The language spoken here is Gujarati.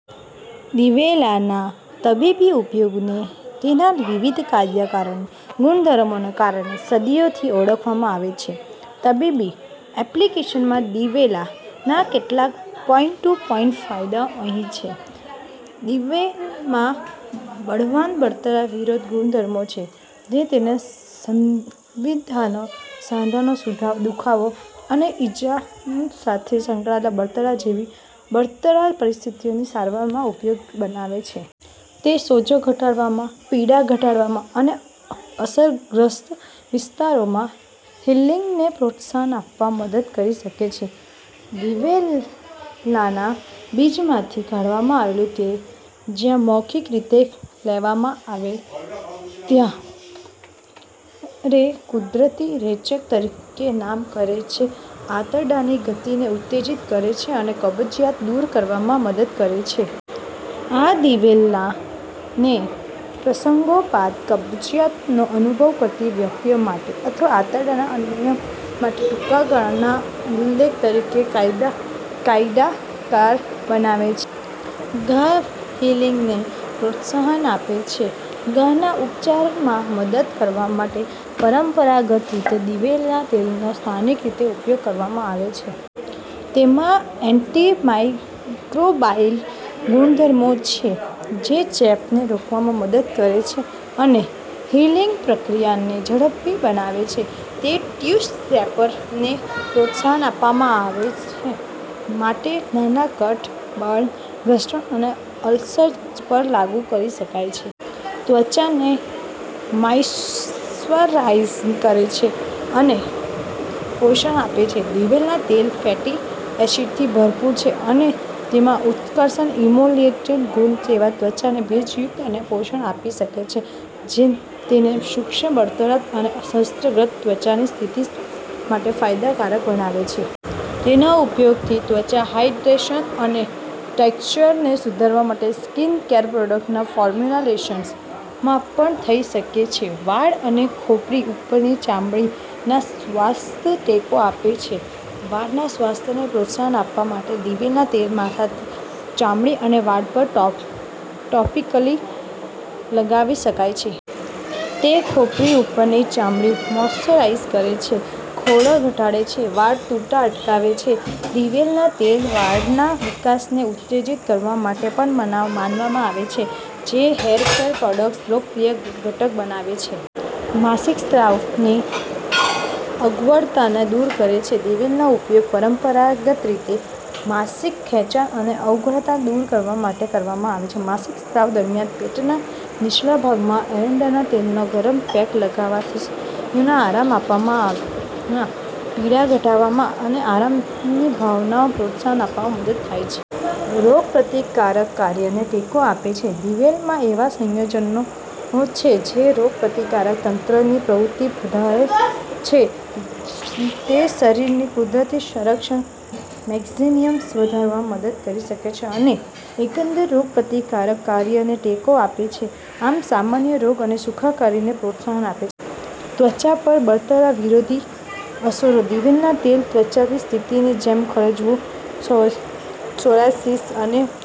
દિવેલા ના તબીબી ઉપયોગોને તેના વિવિધ ફાયદાકારક ગુણધર્મોને કારણે સદીઓથી ઓળખવામાં આવે છે. તબીબી એપ્લિકેશનમાં દિવેલા ના કેટલાક પોઈન્ટ-ટુ-પોઈન્ટ ફાયદાઓ અહીં છે: દિવેલામાં બળવાન બળતરા વિરોધી ગુણધર્મો છે, જે તેને સંધિવા, સાંધાનો દુખાવો અને ઇજાઓ સાથે સંકળાયેલ બળતરા જેવી બળતરા પરિસ્થિતિઓની સારવારમાં ઉપયોગી બનાવે છે. તે સોજો ઘટાડવામાં, પીડા ઘટાડવામાં અને અસરગ્રસ્ત વિસ્તારોમાં હીલિંગને પ્રોત્સાહન આપવામાં મદદ કરી શકે છે. દિવેલાના બીજમાંથી કાઢવામાં આવેલું તેલ જ્યારે મૌખિક રીતે લેવામાં આવે ત્યારે કુદરતી રેચક તરીકે કામ કરે છે. તે આંતરડાની ગતિને ઉત્તેજિત કરે છે અને કબજિયાતને દૂર કરવામાં મદદ કરે છે. આ દિવેલાને પ્રસંગોપાત કબજિયાતનો અનુભવ કરતી વ્યક્તિઓ માટે અથવા આંતરડાના નિયમન માટે ટૂંકા ગાળાના ઉકેલ તરીકે ફાયદાકારક બનાવે છે. ઘા હીલિંગને પ્રોત્સાહન આપે છે: ઘાના ઉપચારમાં મદદ કરવા માટે પરંપરાગત રીતે દિવેલા તેલનો સ્થાનિક રીતે ઉપયોગ કરવામાં આવે છે. તેમાં એન્ટિમાઇક્રોબાયલ ગુણધર્મો છે જે ચેપને રોકવામાં મદદ કરે છે અને હીલિંગ પ્રક્રિયાને ઝડપી બનાવે છે. તે ટીશ્યુ રિપેરને પ્રોત્સાહન આપવા માટે નાના કટ, બર્ન, ઘર્ષણ અને અલ્સર પર લાગુ કરી શકાય છે. ત્વચાને મોઇશ્ચરાઇઝ કરે છે અને પોષણ આપે છે: દિવેલા તેલ ફેટી એસિડથી ભરપૂર છે અને તેમાં ઉત્કૃષ્ટ ઇમોલિયન્ટ ગુણો છે. તે ત્વચાને ભેજયુક્ત અને પોષણ આપી શકે છે, જે તેને શુષ્ક, બળતરા અથવા ક્ષતિગ્રસ્ત ત્વચાની સ્થિતિ માટે ફાયદાકારક બનાવે છે. તેનો ઉપયોગ ત્વચાની હાઇડ્રેશન અને ટેક્સચરને સુધારવા માટે સ્કિનકેર પ્રોડક્ટ્સના ફોર્મ્યુલેશનમાં પણ થઈ શકે છે. વાળ અને ખોપરી ઉપરની ચામડીના સ્વાસ્થ્યને ટેકો આપે છે: વાળના સ્વાસ્થ્યને પ્રોત્સાહન આપવા માટે દિવેલા તેલને માથાની ચામડી અને વાળ પર ટોપિકલી લગાવી શકાય છે. તે ખોપરી ઉપરની ચામડીને મોઇશ્ચરાઇઝ કરે છે, ખોડો ઘટાડે છે અને વાળ તૂટતા અટકાવે છે. દિવેલા તેલ વાળના વિકાસને ઉત્તેજીત કરવા માટે પણ માનવામાં આવે છે, જે તેને હેર કેર પ્રોડક્ટ્સમાં લોકપ્રિય ઘટક બનાવે છે. માસિક સ્રાવની અગવડતાને દૂર કરે છે: દિવેલાનો ઉપયોગ પરંપરાગત રીતે માસિક ખેંચાણ અને અગવડતાને દૂર કરવા માટે કરવામાં આવે છે. માસિક સ્રાવ દરમિયાન પેટના નીચેના ભાગમાં એરંડાના તેલનો ગરમ પેક લગાવવાથી સ્નાયુઓને આરામ આપવામાં, પીડા ઘટાડવામાં અને આરામની ભાવનાને પ્રોત્સાહન આપવામાં મદદ મળે છે. રોગપ્રતિકારક કાર્યને ટેકો આપે છે: દિવેલામાં એવા સંયોજનો છે જે રોગપ્રતિકારક તંત્રની પ્રવૃત્તિને વધારે છે. તે શરીરની કુદરતી સંરક્ષણ મિકેનિઝમ્સને વધારવામાં મદદ કરી શકે છે અને એકંદર રોગપ્રતિકારક કાર્યને ટેકો આપે છે, આમ સામાન્ય આરોગ્ય અને સુખાકારીને પ્રોત્સાહન આપે છે. ત્વચા પર બળતરા વિરોધી અસરો: દિવેલા તેલ ત્વચાની સ્થિતિ જેમ કે ખરજવું, સૉરાયિસસ અને